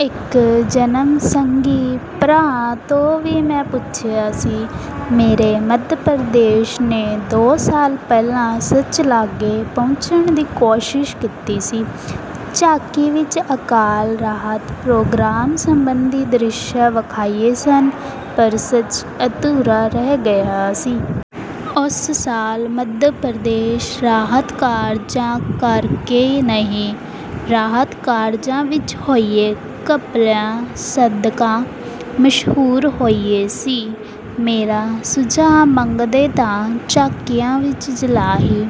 ਇਕ ਜਨਸੰਘੀ ਭਰਾ ਤੋਂ ਵੀ ਮੈਂ ਪੁੱਛਿਆ ਸੀ। ਮੇਰੇ ਮੱਧ-ਪ੍ਰਦੇਸ਼ ਨੇ ਦੋ ਸਾਲ ਪਹਿਲਾਂ ਸੱਚ ਲਾਗੇ ਪਹੁੰਚਣ ਦੀ ਕੋਸ਼ਿਸ਼ ਕੀਤੀ ਸੀ, ਝਾਕੀ ਵਿਚ ਅਕਾਲ ਰਾਹਤ ਪ੍ਰੋਗਰਾਮ ਸੰਬੰਧੀ ਦ੍ਰਿਸ਼ ਵਿਖਾਏ ਸਨ। ਪਰ ਸੱਚ ਅਧੂਰਾ ਰਹਿ ਗਿਆ ਸੀ। ਉਸ ਸਾਲ ਮੱਧ-ਪ੍ਰਦੇਸ਼ ਰਾਹਤ ਕਾਰਜਾਂ ਕਰਕੇ ਨਹੀਂ, ਰਾਹਤ ਕਾਰਜਾਂ ਵਿਚ ਹੋਏ ਘਪਲਿਆਂ ਸਦਕਾ ਮਸ਼ਹੂਰ ਹੋਇਆ ਸੀ। ਮੇਰਾ ਸੁਝਾਅ ਮੰਗਦੇ ਤਾਂ ਝਾਕੀਆਂ ਵਿਚ ਜਾਲ੍ਹੀ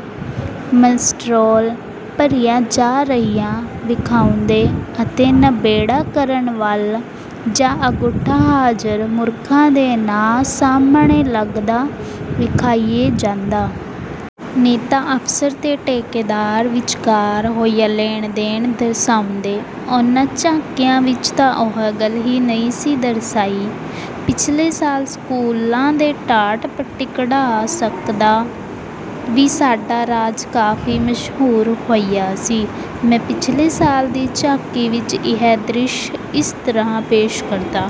ਮਸਟਰੋਲ ਭਰਿਆ ਜਾ ਰਿਹਾ ਵਿਖਾਉਂਦੇ ਅਤੇ ਨਿਬੇੜਾ ਕਰਨ ਵਾਲ ਦਾ ਅੰਗੂਠਾ ਹਜ਼ਾਰਾਂ ਮੂਰਖਾਂ ਦੇ ਨਾਂਅ ਸਾਹਮਣੇ ਲੱਗਦਾ ਵਿਖਾਇਆ ਜਾਂਦਾ। ਨੇਤਾ, ਅਫ਼ਸਰ ਤੇ ਠੇਕੇਦਾਰ ਵਿਚਕਾਰ ਹੋਇਆ ਲੈਣ-ਦੇਣ ਦਰਸਾਉਂਦੇ। ਉਹਨਾਂ ਝਾਕੀਆਂ ਵਿਚ ਤਾਂ ਉਹ ਗੱਲ ਵੀ ਨਹੀਂ ਸੀ ਦਰਸਾਈਂ। ਪਿਛਲੇ ਸਾਲ ਸਕੂਲਾਂ ਦੇ ਟਾਟ-ਪੱਟੀ ਕਾਂਢ ਸਦਕਾ ਵੀ ਸਾਡਾ ਰਾਜ ਕਾਫ਼ੀ ਮਸ਼ਹੂਰ ਹੋਇਆ ਸੀ। ਮੈਂ ਪਿਛਲੇ ਸਾਲ ਦੀ ਝਾਕੀ ਵਿਚ ਇਹ ਦ੍ਰਿਸ਼ ਇਸ ਤਰ੍ਹਾਂ ਪੇਸ਼ ਕਰਦਾ।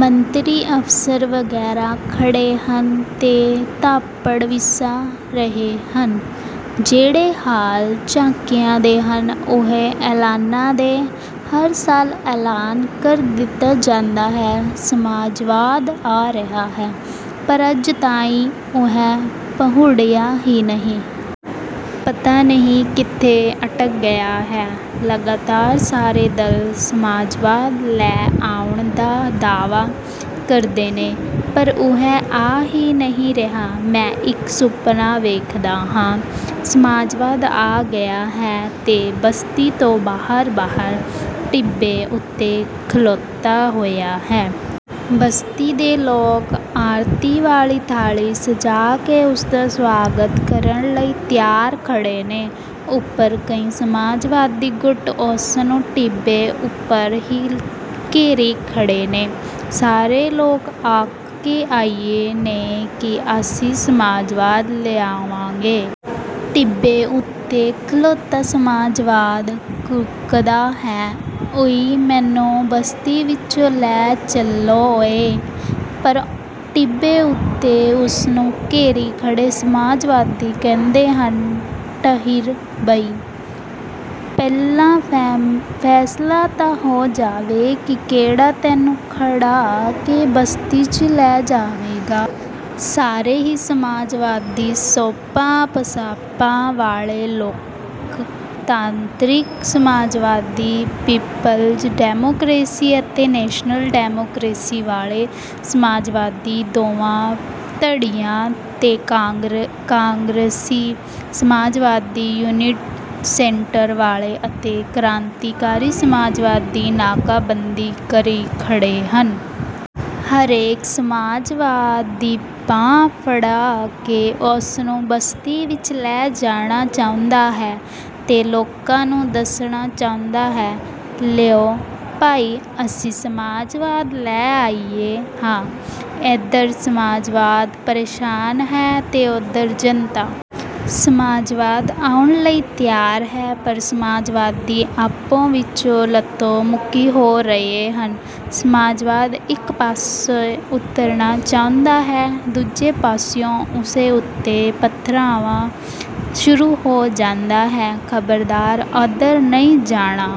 ਮੰਤਰੀ, ਅਫ਼ਸਰ ਵਗ਼ੈਰਾ ਖੜ੍ਹੇ ਹਨ ਤੇ ਤੱਪੜ ਵਿਸਾ ਰਹੇ ਹਨ। ਜਿਹੜੇ ਹਾਲ ਝਾਕੀਆਂ ਦੇ ਹਨ, ਉਹੀ ਐਲਾਨਾ ਦੇ। ਹਰ ਸਾਲ ਐਲਾਨ ਕਰ ਦਿੱਤਾ ਜਾਂਦਾ ਹੈ, ਸਮਾਜਵਾਦ ਆ ਰਿਹਾ ਹੈ। ਪਰ ਅੱਜ ਤਾਈਂ ਉਹ ਬਹੁੜਿਆ ਹੀ ਨਹੀਂ। ਪਤਾ ਨਹੀਂ ਕਿੱਥੇ ਅਟਕ ਗਿਆ ਹੈ? ਲਗਾਤਾਰ ਸਾਰੇ ਦਲ ਸਮਾਜਵਾਦ ਲੈ ਆਉਣ ਦਾ ਦਾਅਵਾ ਕਰਦੇ ਨੇ, ਪਰ ਉਹ ਆ ਹੀ ਨਹੀਂ ਰਿਹਾ। ਮੈਂ ਇਕ ਸੁਪਨਾ ਵੇਖਦਾ ਹਾਂ: ਸਮਾਜਵਾਦ ਆ ਗਿਆ ਹੈ ਤੇ ਬਸਤੀ ਤੋਂ ਬਾਹਰ-ਬਾਹਰ ਟਿੱਬੇ ਉੱਤੇ ਖਲੋਤਾ ਹੋਇਆ ਹੈ। ਬਸਤੀ ਦੇ ਲੋਕ ਆਰਤੀ ਵਾਲੀ ਥਾਲੀ ਸਜਾ ਕੇ ਉਸਦਾ ਸਵਾਗਤ ਕਰਨ ਲਈ ਤਿਆਰ ਖੜ੍ਹੇ ਨੇ। ਉਧਰ ਕਈ ਸਮਾਜਵਾਦੀ ਗੁੱਟ ਉਸਨੂੰ ਟਿੱਬੇ ਉਪਰ ਹੀ ਘੇਰੀ ਖੜ੍ਹੇ ਨੇ। ਸਾਰੇ ਲੋਕਾਂ ਨੂੰ ਆਖ ਕੇ ਆਏ ਨੇ ਕਿ ਅਸੀਂ ਸਮਾਜਵਾਦ ਲਿਆਵਾਂਗੇ। ਟਿੱਬੇ ਉੱਤੇ ਖਲੋਤਾ ਸਮਾਜਵਾਦ ਕੂਕਦਾ ਹੈ, 'ਓਇ ਮੈਨੂੰ ਬਸਤੀ ਵਿਚ ਲੈ ਚੱਲੋ ਓਇ ' ਪਰ ਟਿੱਬੇ ਉੱਤੇ ਉਸਨੂੰ ਘੇਰੀ ਖੜ੍ਹੇ ਸਮਾਜਵਾਦੀ ਕਹਿੰਦੇ ਹਨ, 'ਠਹਿਰ ਬਈ, ਪਹਿਲਾਂ ਫੈਸਲਾ ਤਾਂ ਹੋ ਜਾਵੇ ਕਿ ਕਿਹੜਾ ਤੈਨੂੰ ਖੜ ਕੇ ਬਸਤੀ 'ਚ ਲਿਜਾਵੇਗਾ' ਸਾਰੇ ਹੀ ਸਮਾਜਵਾਦੀ ਸਸੋਪਾ, ਪਸਪਾ ਵਾਲੇ ਲੋਕ ਤਾਂਤਰਿਕ ਸਮਾਜਵਾਦੀ, ਪੀਪਲਜ਼ ਡੈਮੋਕਰੇਸੀ ਅਤੇ ਨੈਸ਼ਨਲ ਡੈਮੋਕਰੇਸੀ ਵਾਲੇ ਸਮਾਜਵਾਦੀ, ਦੋਵਾਂ ਧੜਿਆਂ ਦੇ ਕਾਂਗਰਸੀ ਸਮਾਜਵਾਦੀ, ਯੂਨਿਟ ਸੈਂਟਰ ਵਾਲੇ ਅਤੇ ਕਰਾਂਤੀਕਾਰੀ ਸਮਾਜਵਾਦੀ ਨਾਕਾਬੰਦੀ ਕਰੀ ਖੜ੍ਹੇ ਹਨ। ਹਰੇਕ ਸਮਾਜਵਾਦ ਦੀ ਬਾਂਹ ਫੜ੍ਹ ਕੇ ਉਸਨੂੰ ਬਸਤੀ ਵਿਚ ਲੈ ਜਾਣਾ ਚਾਹੁੰਦਾ ਹੈ ਤੇ ਲੋਕਾਂ ਨੂੰ ਦੱਸਣਾ ਚਾਹੁੰਦਾ ਹੈ, 'ਲਓ ਬਈ ਅਸੀਂ ਸਮਾਜਵਾਦ ਲੈ ਆਏ ਹਾਂ। ' ਇਧਰ ਸਮਾਜਵਾਦ ਪ੍ਰੇਸ਼ਾਨ ਹੈ ਤੇ ਉਧਰ ਜੰਤਾ। ਸਮਾਜਵਾਦ ਆਉਣ ਲਈ ਤਿਆਰ ਹੈ, ਪਰ ਸਮਾਜਵਾਦੀ ਆਪੋ ਵਿਚ ਲੱਤੋ-ਮੁੱਕੀ ਹੋ ਰਹੇ ਹਨ। ਸਮਾਜਵਾਦ ਇਕ ਪਾਸੇ ਉਤਰਨਾਂ ਚਾਹੁੰਦਾ ਹੈ, ਦੂਜੇ ਪਾਸਿਓਂ ਉਸ ਉੱਤੇ ਪਥਰਾਅ ਸ਼ੁਰੂ ਹੋ ਜਾਂਦਾ ਹੈ। 'ਖਬਰਦਾਰ ਉਧਰ ਨਹੀਂ ਜਾਣਾ।